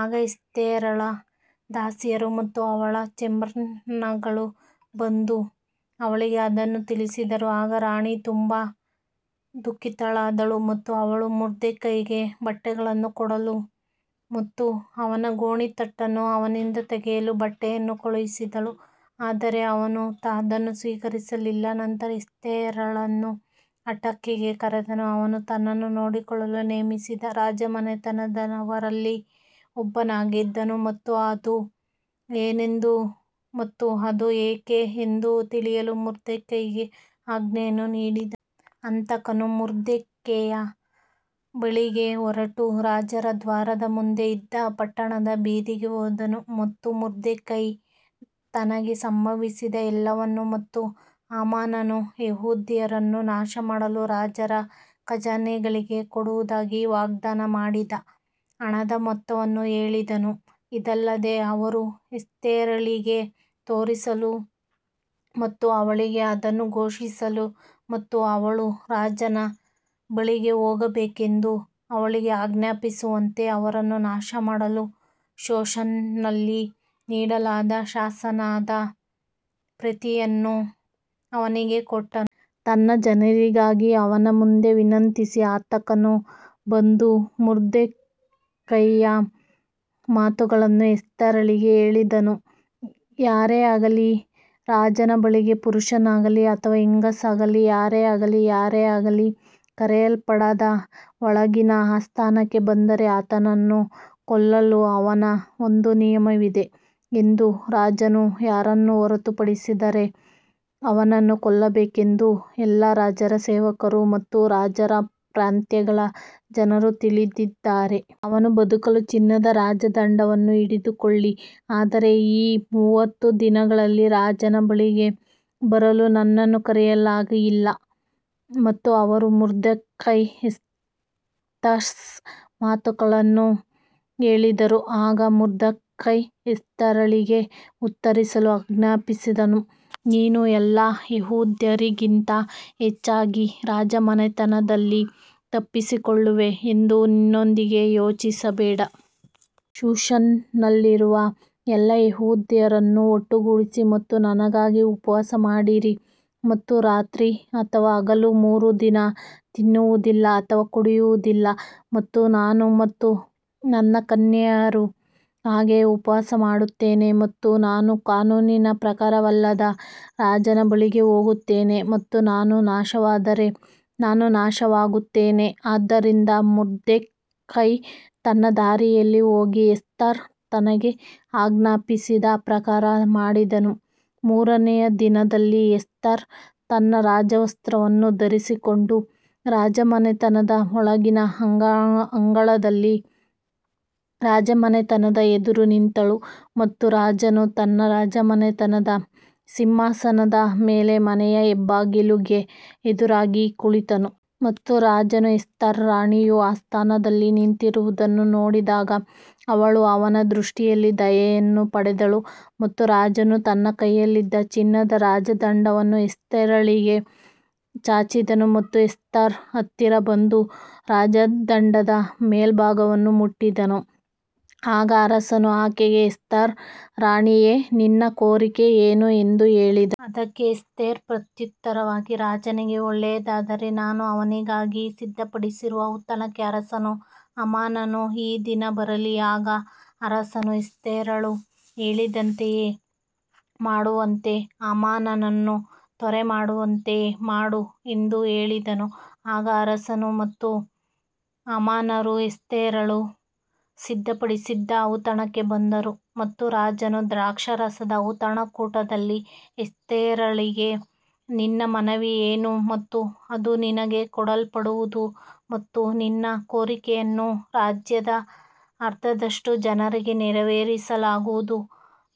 ಆಗ ಎಸ್ತೇರಳ ದಾಸಿಯರು ಮತ್ತು ಅವಳ ಚೇಂಬರ್ಲೇನ್ಗಳು ಬಂದು ಅವಳಿಗೆ ಅದನ್ನು ತಿಳಿಸಿದರು ಆಗ ರಾಣಿ ತುಂಬಾ ದುಃಖಿತಳಾದಳು ಮತ್ತು ಅವಳು ಮೊರ್ದೆಕೈಗೆ ಬಟ್ಟೆಗಳನ್ನು ಕೊಡಲು ಮತ್ತು ಅವನ ಗೋಣೀತಟ್ಟನ್ನು ಅವನಿಂದ ತೆಗೆಯಲು ಬಟ್ಟೆಯನ್ನು ಕಳುಹಿಸಿದಳು ಆದರೆ ಅವನು ಅದನ್ನು ಸ್ವೀಕರಿಸಲಿಲ್ಲ. ನಂತರ ಎಸ್ತೇರಳನ್ನು ಹಟಾಕ್ಗೆ ಕರೆದನು, ಅವನು ತನ್ನನ್ನು ನೋಡಿಕೊಳ್ಳಲು ನೇಮಿಸಿದ ರಾಜಮನೆತನದವರಲ್ಲಿ ಒಬ್ಬನಾಗಿದ್ದನು ಮತ್ತು ಅದು ಏನೆಂದು ಮತ್ತು ಅದು ಏಕೆ ಎಂದು ತಿಳಿಯಲು ಮೊರ್ದೆಕೈಗೆ ಆಜ್ಞೆಯನ್ನು ನೀಡಿದನು. ಹತಾಕನು ಮೊರ್ದೆಕೈಯ ಬಳಿಗೆ ಹೊರಟು ರಾಜರ ದ್ವಾರದ ಮುಂದೆ ಇದ್ದ ಪಟ್ಟಣದ ಬೀದಿಗೆ ಹೋದನು. ಮತ್ತು ಮೊರ್ದೆಕೈ ತನಗೆ ಸಂಭವಿಸಿದ ಎಲ್ಲವನ್ನೂ ಮತ್ತು ಹಾಮಾನನು ಯೆಹೂದ್ಯರನ್ನು ನಾಶಮಾಡಲು ರಾಜರ ಖಜಾನೆಗಳಿಗೆ ಕೊಡುವುದಾಗಿ ವಾಗ್ದಾನ ಮಾಡಿದ ಹಣದ ಮೊತ್ತವನ್ನು ಹೇಳಿದನು. ಇದಲ್ಲದೆ ಅವರು ಎಸ್ತೇರಳಿಗೆ ತೋರಿಸಲು ಮತ್ತು ಅವಳಿಗೆ ಅದನ್ನು ಘೋಷಿಸಲು ಮತ್ತು ಅವಳು ರಾಜನ ಬಳಿಗೆ ಹೋಗಬೇಕೆಂದು ಅವಳಿಗೆ ಆಜ್ಞಾಪಿಸುವಂತೆ ಅವರನ್ನು ನಾಶಮಾಡಲು ಶೂಷನ್ನಲ್ಲಿ ನೀಡಲಾದ ಶಾಸನದ ಪ್ರತಿಯನ್ನು ಅವನಿಗೆ ಕೊಟ್ಟನು. ತನ್ನ ಜನರಿಗಾಗಿ ಅವನ ಮುಂದೆ ವಿನಂತಿಸಿ ಹತಾಕನು ಬಂದು ಮೊರ್ದೆಕೈಯ ಮಾತುಗಳನ್ನು ಎಸ್ತೇರಳಿಗೆ ಹೇಳಿದನು ಯಾರೇ ಆಗಲಿ ರಾಜನ ಬಳಿಗೆ ಪುರುಷನಾಗಲಿ ಅಥವಾ ಹೆಂಗಸಾಗಲಿ ಯಾರೇ ಆಗಲಿ ಯಾರೇ ಆಗಲಿ ಕರೆಯಲ್ಪಡದ ಒಳಗಿನ ಆಸ್ಥಾನಕ್ಕೆ ಬಂದರೆ ಆತನನ್ನು ಕೊಲ್ಲಲು ಅವನ ಒಂದು ನಿಯಮವಿದೆ ಎಂದು ರಾಜನು ಯಾರನ್ನು ಹೊರತುಪಡಿಸಿದರೆ ಅವನನ್ನು ಕೊಲ್ಲಬೇಕೆಂದು ಎಲ್ಲಾ ರಾಜರ ಸೇವಕರು ಮತ್ತು ರಾಜರ ಪ್ರಾಂತ್ಯಗಳ ಜನರು ತಿಳಿದಿದ್ದಾರೆ. ಅವನು ಬದುಕಲು ಚಿನ್ನದ ರಾಜದಂಡವನ್ನು ಹಿಡಿದುಕೊಳ್ಳಿ ಆದರೆ ಈ ಮೂವತ್ತು ದಿನಗಳಲ್ಲಿ ರಾಜನ ಬಳಿಗೆ ಬರಲು ನನ್ನನ್ನು ಕರೆಯಲಾಗಿಲ್ಲ ಮತ್ತು ಅವರು ಮೊರ್ದೆಕೈ ಎಸ್ತರ್ಸ್ ಮಾತುಗಳನ್ನು ಹೇಳಿದರು ಆಗ ಮೊರ್ದೆಕೈ ಎಸ್ತೇರಳಿಗೆ ಉತ್ತರಿಸಲು ಆಜ್ಞಾಪಿಸಿದನು, ನೀನು ಎಲ್ಲಾ ಯೆಹೂದ್ಯರಿಗಿಂತ ಹೆಚ್ಚಾಗಿ ರಾಜಮನೆತನದಲ್ಲಿ ತಪ್ಪಿಸಿಕೊಳ್ಳುವೆ ಎಂದು ನಿನ್ನೊಂದಿಗೆ ಯೋಚಿಸಬೇಡ. ಶೂಷನ್ನಲ್ಲಿರುವ ಎಲ್ಲಾ ಯೆಹೂದ್ಯರನ್ನು ಒಟ್ಟುಗೂಡಿಸಿ ಮತ್ತು ನನಗಾಗಿ ಉಪವಾಸ ಮಾಡಿರಿ ಮತ್ತು ರಾತ್ರಿ ಅಥವಾ ಹಗಲು ಮೂರು ದಿನ ತಿನ್ನುವುದಿಲ್ಲ ಅಥವಾ ಕುಡಿಯುವುದಿಲ್ಲ ಮತ್ತು ನಾನು ಮತ್ತು ನನ್ನ ಕನ್ಯೆಯರು ಹಾಗೆಯೇ ಉಪವಾಸ ಮಾಡುತ್ತೇನೆ ಮತ್ತು ನಾನು ಕಾನೂನಿನ ಪ್ರಕಾರವಲ್ಲದ ರಾಜನ ಬಳಿಗೆ ಹೋಗುತ್ತೇನೆ. ಮತ್ತು ನಾನು ನಾಶವಾದರೆ ನಾನು ನಾಶವಾಗುತ್ತೇನೆ ಆದ್ದರಿಂದ ಮೊರ್ದೆಕೈ ತನ್ನ ದಾರಿಯಲ್ಲಿ ಹೋಗಿ ಎಸ್ತರ್ ತನಗೆ ಆಜ್ಞಾಪಿಸಿದ ಪ್ರಕಾರ ಮಾಡಿದನು ಮೂರನೆಯ ದಿನದಲ್ಲಿ ಎಸ್ತರ್ ತನ್ನ ರಾಜವಸ್ತ್ರವನ್ನು ಧರಿಸಿಕೊಂಡು ರಾಜಮನೆತನದ ಒಳಗಿನ ಅಂಗಳದಲ್ಲಿ ರಾಜಮನೆತನದ ಎದುರು ನಿಂತಳು ಮತ್ತು ರಾಜನು ತನ್ನ ರಾಜಮನೆತನದ ಸಿಂಹಾಸನದ ಮೇಲೆ ಮನೆಯ ಹೆಬ್ಬಾಗಿಲುಗೆ ಎದುರಾಗಿ ಕುಳಿತನು. ಮತ್ತು ರಾಜನು ಎಸ್ತರ್ ರಾಣಿಯು ಆಸ್ಥಾನದಲ್ಲಿ ನಿಂತಿರುವುದನ್ನು ನೋಡಿದಾಗ ಅವಳು ಅವನ ದೃಷ್ಟಿಯಲ್ಲಿ ದಯೆಯನ್ನು ಪಡೆದಳು ಮತ್ತು ರಾಜನು ತನ್ನ ಕೈಯಲ್ಲಿದ್ದ ಚಿನ್ನದ ರಾಜದಂಡವನ್ನು ಎಸ್ತೇರಳಿಗೆ ಚಾಚಿದನು ಮತ್ತು ಎಸ್ತರ್ ಹತ್ತಿರ ಬಂದು ರಾಜದಂಡದ ಮೇಲ್ಭಾಗವನ್ನು ಮುಟ್ಟಿದನು. ಆಗ ಅರಸನು ಆಕೆಗೆ ಎಸ್ತೇರ್ ರಾಣಿಯೇ, ನಿನ್ನ ಕೋರಿಕೆ ಏನು ಎಂದು ಹೇಳಿದ ಅದಕ್ಕೆ ಎಸ್ತೇರ್ ಪ್ರತ್ಯುತ್ತರವಾಗಿ ರಾಜನಿಗೆ ಒಳ್ಳೆಯದಾದರೆ ನಾನು ಅವನಿಗಾಗಿ ಸಿದ್ಧಪಡಿಸಿರುವ ಔತಣಕ್ಕೆ ಅರಸನೂ ಹಾಮಾನನೂ ಈ ದಿನ ಬರಲಿ. ಆಗ ಅರಸನು ಎಸ್ತೇರಳು ಹೇಳಿದಂತೆಯೇ ಮಾಡುವಂತೆ ಹಾಮಾನನನ್ನು ತ್ವರೆಮಾಡುವಂತೆ ಮಾಡು ಎಂದು ಹೇಳಿದನು, ಆಗ ಅರಸನು ಮತ್ತು ಹಾಮಾನರು ಎಸ್ತೇರಳು ಸಿದ್ಧಪಡಿಸಿದ್ದ ಔತಣಕ್ಕೆ ಬಂದರು. ಮತ್ತು ರಾಜನು ದ್ರಾಕ್ಷಾರಸದ ಔತಣಕೂಟದಲ್ಲಿ ಎಸ್ತೇರಳಿಗೆ ನಿನ್ನ ಮನವಿ ಏನು ಮತ್ತು ಅದು ನಿನಗೆ ಕೊಡಲ್ಪಡುವುದು ಮತ್ತು ನಿನ್ನ ಕೋರಿಕೆಯನ್ನು ರಾಜ್ಯದ ಅರ್ಧದಷ್ಟು ಜನರಿಗೆ ನೆರವೇರಿಸಲಾಗುವುದು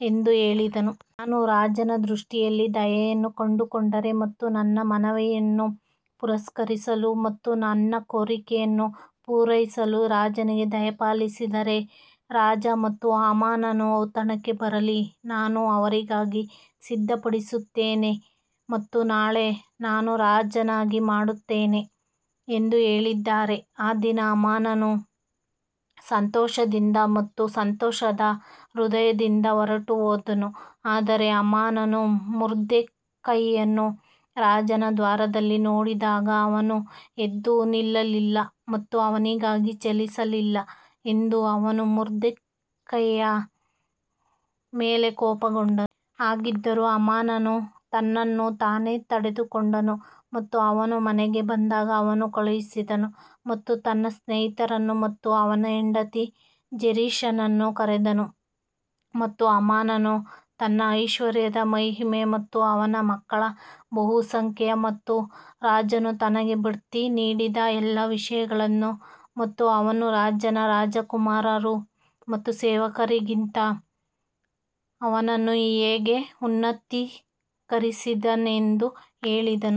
ಎಂದು ಹೇಳಿದನು. ನಾನು ರಾಜನ ದೃಷ್ಟಿಯಲ್ಲಿ ದಯೆಯನ್ನು ಕಂಡುಕೊಂಡರೆ ಮತ್ತು ನನ್ನ ಮನವಿಯನ್ನು ಪುರಸ್ಕರಿಸಲು ಮತ್ತು ನನ್ನ ಕೋರಿಕೆಯನ್ನು ಪೂರೈಸಲು ರಾಜನಿಗೆ ದಯಪಾಲಿಸಿದರೆ ರಾಜ ಮತ್ತು ಹಾಮಾನನು ಔತಣಕ್ಕೆ ಬರಲಿ, ನಾನು ಅವರಿಗಾಗಿ ಸಿದ್ಧಪಡಿಸುತ್ತೇನೆ ಮತ್ತು ನಾಳೆ ನಾನು ರಾಜನಾಗಿ ಮಾಡುತ್ತೇನೆ. ಎಂದು ಹೇಳಿದ್ದಾರೆ ಆ ದಿನ ಹಾಮಾನನು ಸಂತೋಷದಿಂದ ಮತ್ತು ಸಂತೋಷದ ಹೃದಯದಿಂದ ಹೊರಟುಹೋದನು ಆದರೆ ಹಾಮಾನನು ಮೊರ್ದೆಕೈಯನ್ನು ರಾಜನ ದ್ವಾರದಲ್ಲಿ ನೋಡಿದಾಗ ಅವನು ಎದ್ದು ನಿಲ್ಲಲಿಲ್ಲ ಮತ್ತು ಅವನಿಗಾಗಿ ಚಲಿಸಲಿಲ್ಲ ಎಂದು ಅವನು ಮೊರ್ದೆಕೈಯ ಮೇಲೆ ಕೋಪಗೊಂಡನು. ಹಾಗಿದ್ದರೂ ಹಾಮಾನನು ತನ್ನನ್ನು ತಾನೇ ತಡೆದುಕೊಂಡನು ಮತ್ತು ಅವನು ಮನೆಗೆ ಬಂದಾಗ ಅವನು ಕಳುಹಿಸಿದನು ಮತ್ತು ತನ್ನ ಸ್ನೇಹಿತರನ್ನು ಮತ್ತು ಅವನ ಹೆಂಡತಿ ಜೆರೆಷನನ್ನು ಕರೆದನು. ಮತ್ತು ಹಾಮಾನನು ತನ್ನ ಐಶ್ವರ್ಯದ ಮಹಿಮೆ ಮತ್ತು ಅವನ ಮಕ್ಕಳ ಬಹುಸಂಖ್ಯೆಯ ಮತ್ತು ರಾಜನು ತನಗೆ ಬಡ್ತಿ ನೀಡಿದ ಎಲ್ಲಾ ವಿಷಯಗಳನ್ನು ಮತ್ತು ಅವನು ರಾಜನ ರಾಜಕುಮಾರರು ಮತ್ತು ಸೇವಕರಿಗಿಂತ ಅವನನ್ನು ಹೇಗೆ ಉನ್ನತೀಕರಿಸಿದನೆಂದು ಹೇಳಿದನು.